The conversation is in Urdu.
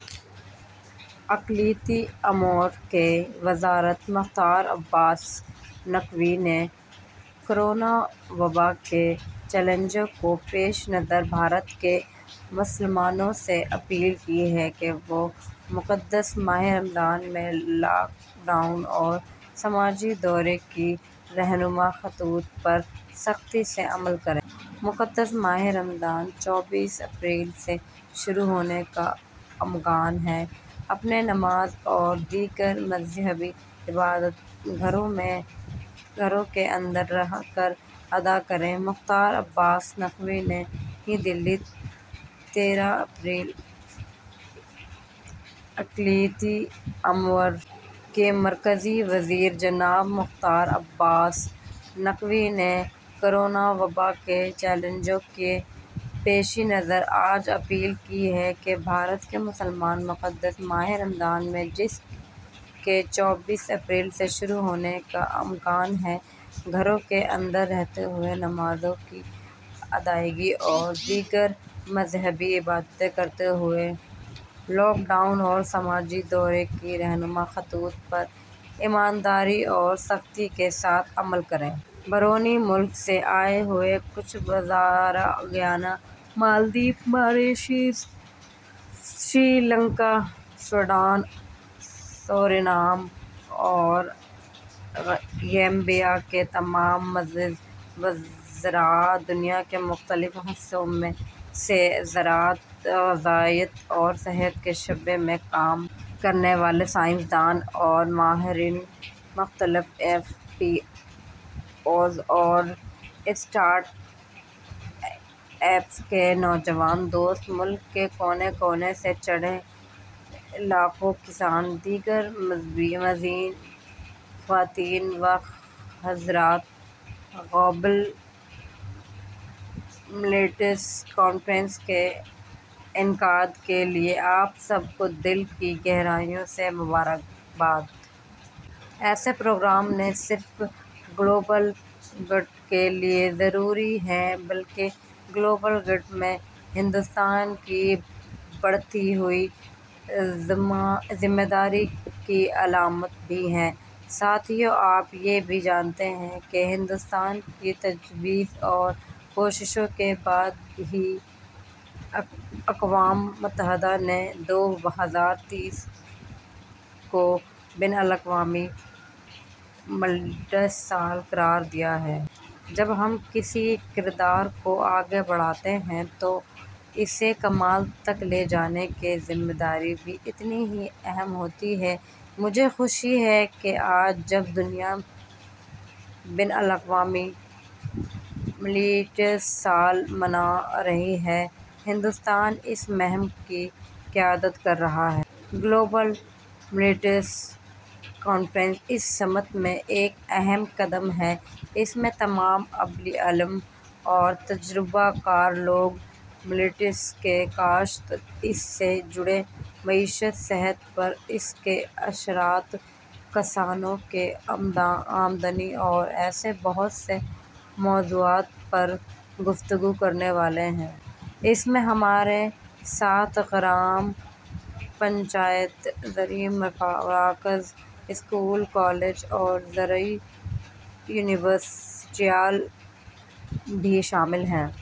اقلیتی امور کی وزارت مختار عباس نقوی نے کورونا وبا کے چیلنجوں کے پیشِ نظر بھارت کے مسلمانوں سے اپیل کی ہے کہ وہ مقدس ماہِ رمضان میں لاک ڈاؤن اور سماجی دوری کے رہنما خطوط پر سختی سے عمل کریں۔ مقدس ماہِ رمضان چوبیس اپریل سے شروع ہونے کا امکان ہے۔ اپنی نمازیں اور دیگر مذہبی عبادات گھروں کے اندر رہ کر ادا کریں: مختار عباس نقوی نئی دہلی، تیرہ اپریل: اقلیتی امور کے مرکزی وزیر جناب مختار عباس نقوی نے کورونا وبا کے چیلنجوں کے پیشِ نظر آج اپیل کی ہے کہ بھارت کے مسلمان مقدس ماہِ رمضان میں، جس کے چوبیس اپریل سے شروع ہونے کا امکان ہے، گھروں کے اندر رہتے ہوئے نمازوں کی ادائیگی اور دیگر مذہبی عبادات کرتے ہوئے لاک ڈاؤن اور سماجی دوری کے رہنما خطوط پر ایمانداری اور سختی کے ساتھ عمل کریں۔ بیرونِ ملک سے آئے ہوئے کچھ وزراء، Guyana, Maldives, Mauritius, Sri Lanka, Sudan, Suriname اور گیمبیا کے تمام معزز وزراء، دنیا کے مختلف حصوں سے زراعت، غذائیت اور صحت کے شعبے میں کام کرنے والے سائنس دان اور ماہرین، مختلف ایف پی اوز اور اسٹارٹ اپس کے نوجوان دوست، ملک کے کونے کونے سے جڑے لاکھوں کسان، دیگر معززین، خواتین و حضرات، 'گلوبل ملیٹس کانفرنس' کے انعقاد کے لیے آپ سب کو دل کی گہرائیوں سے مبارکباد۔ ایسے پروگرام نہ صرف گلوبل گڈ کے لیے ضروری ہیں بلکہ گلوبل گڈ میں ہندوستان کی بڑھتی ہوئی ذمہ داری کی علامت بھی ہیں۔ ساتھیو، آپ یہ بھی جانتے ہیں کہ ہندوستان کی تجویز اور کوششوں کے بعد ہی اقوام متحدہ نے دو ہزار تئیس کو 'بین الاقوامی ملیٹس سال' قرار دیا ہے۔ جب ہم کسی قرارداد کو آگے بڑھاتے ہیں تو اسے کمال تک لے جانے کی ذمہ داری بھی اتنی ہی اہم ہوتی ہے۔ مجھے خوشی ہے کہ آج جب دنیا 'بین الاقوامی ملیٹس سال' منا رہی ہے، ہندوستان اس مہم کی قیادت کر رہا ہے۔ 'گلوبل ملیٹس کانفرنس' اس سمت میں ایک اہم قدم ہے۔ اس میں تمام اہلِ علم اور تجربہ کار لوگ ملیٹس کی کاشت، اس سے جڑی معیشت، صحت پر اس کے اثرات، کسانوں کی آمدنی اور ایسے بہت سے موضوعات پر گفتگو کرنے والے ہیں۔ اس میں ہمارے ساتھ گرام پنچایتیں، زرعی مراکز، اسکول، کالج اور زرعی یونیورسٹیاں بھی شامل ہیں۔